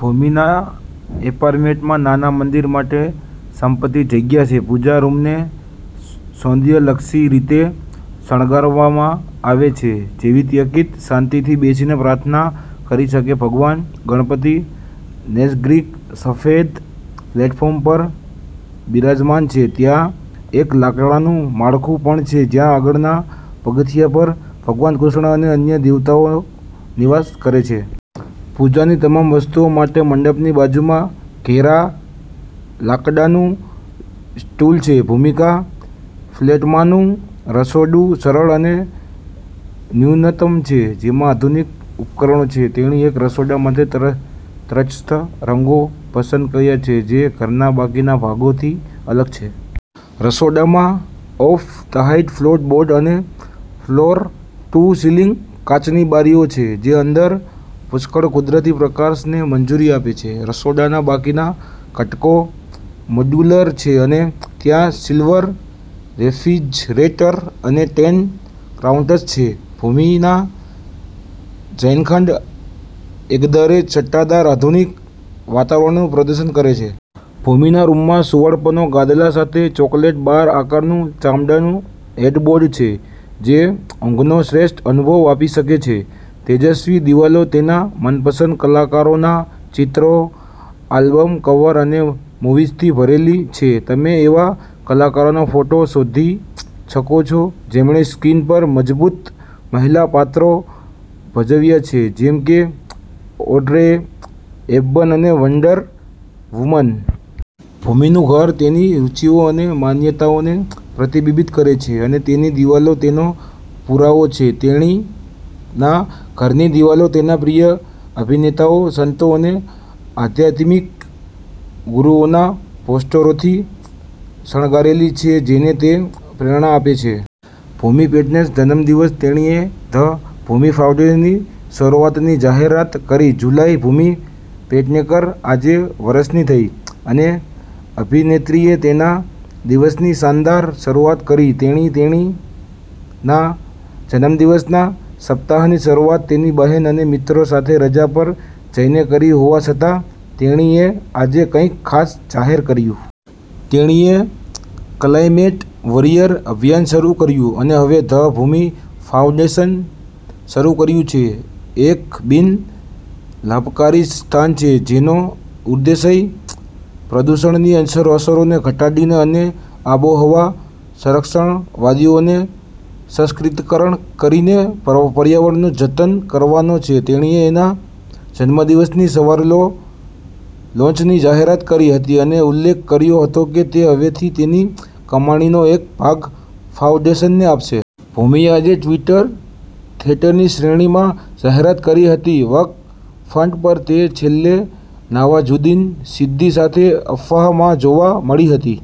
ભૂમિના એપાર્ટમેન્ટમાં નાના મંદિર માટે સમર્પિત જગ્યા છે. પૂજા રૂમને સૌંદર્યલક્ષી રીતે શણગારવામાં આવે છે જેથી વ્યક્તિ શાંતિથી બેસીને પ્રાર્થના કરી શકે. ભગવાન ગણપતિ નૈસર્ગિક સફેદ પ્લેટફોર્મ પર બિરાજમાન છે. ત્યાં એક લાકડાનું માળખું પણ છે જ્યાં આગળના પગથિયાં પર ભગવાન કૃષ્ણ અને અન્ય દેવતાઓ નિવાસ કરે છે. પૂજાની તમામ વસ્તુઓ માટે મંડપની બાજુમાં ઘેરા લાકડાનું સ્ટૂલ છે. ભૂમિના ફ્લેટમાંનું રસોડું સરળ અને ન્યૂનતમ છે જેમાં આધુનિક ઉપકરણો છે. તેણીએ રસોડા માટે તટસ્થ રંગો પસંદ કર્યા છે જે ઘરના બાકીના ભાગોથી અલગ છે. રસોડામાં ઑફ-વ્હાઇટ ફ્લોર બોર્ડ્સ અને ફ્લોર-ટુ-સીલિંગ કાચની બારીઓ છે જે અંદર પુષ્કળ કુદરતી પ્રકાશને મંજૂરી આપે છે. રસોડાના બાકીના ઘટકો મોડ્યુલર છે અને ત્યાં સિલ્વર રેફ્રિજરેટર અને ટેન કાઉન્ટર્સ છે. ભૂમિના શયનખંડ એકંદરે છટાદાર, આધુનિક વાતાવરણનું પ્રદર્શન કરે છે. ભૂમિના રૂમમાં સુંવાળપનો ગાદલા સાથે ચોકલેટ બાર આકારનું ચામડાનું હેડબોર્ડ છે જે ઊંઘનો શ્રેષ્ઠ અનુભવ આપી શકે છે. તેજસ્વી દિવાલો તેના મનપસંદ કલાકારોના ચિત્રો, આલ્બમ કવર અને મૂવીઝથી ભરેલી છે. તમે એવા કલાકારોના ફોટા શોધી શકો છો જેમણે સ્ક્રીન પર મજબૂત મહિલા પાત્રો ભજવ્યા છે જેમ કે ઑડ્રે હેપબર્ન અને વન્ડર વુમન. ભૂમિનું ઘર તેની રુચિઓ અને માન્યતાઓને પ્રતિબિંબિત કરે છે અને તેની દિવાલો તેનો પુરાવો છે. તેણીના ઘરની દિવાલો તેના પ્રિય અભિનેતાઓ, સંતો અને આધ્યાત્મિક ગુરુઓના પોસ્ટરોથી શણગારેલી છે જે તેને પ્રેરણા આપે છે. ભૂમિ પેડનેકરનો જન્મદિવસ તેણીએ "ધ ભૂમિ ફાઉન્ડેશન" ની શરૂઆતની જાહેરાત કરી. જુલાઈ ભૂમિ પેડનેકર આજે વર્ષની થઈ અને અભિનેત્રીએ તેના દિવસની શાનદાર શરૂઆત કરી. તેણીએ તેણીના જન્મદિવસના સપ્તાહની શરૂઆત તેની બહેન અને મિત્રો સાથે રજા પર જઈને કરી હોવા છતાં, તેણીએ આજે કંઈક ખાસ જાહેર કર્યું. તેણીએ ક્લાઇમેટ વોરિયર અભિયાન શરૂ કર્યું અને હવે "ધ ભૂમિ ફાઉન્ડેશન" શરૂ કર્યું છે. એક બિન-લાભકારી સંસ્થા છે જેનો ઉદ્દેશ્ય પ્રદૂષણની અસરોને ઘટાડીને અને આબોહવા સંરક્ષણવાદીઓને સશક્તિકરણ કરીને પર્યાવરણનું જતન કરવાનો છે. તેણીએ તેના જન્મદિવસની સવારેલોન્ચની જાહેરાત કરી હતી અને ઉલ્લેખ કર્યો હતો કે તે હવેથી તેની કમાણીનો એક ભાગ ફાઉન્ડેશનને આપશે. ભૂમિએ આજે ટ્વિટર થ્રેડની શ્રેણીમાં જાહેરાત કરી હતી. વર્ક ફ્રન્ટ પર તે છેલ્લે નવાઝુદ્દીન સિદ્દીકી સાથે "અફવાહ" માં જોવા મળી હતી.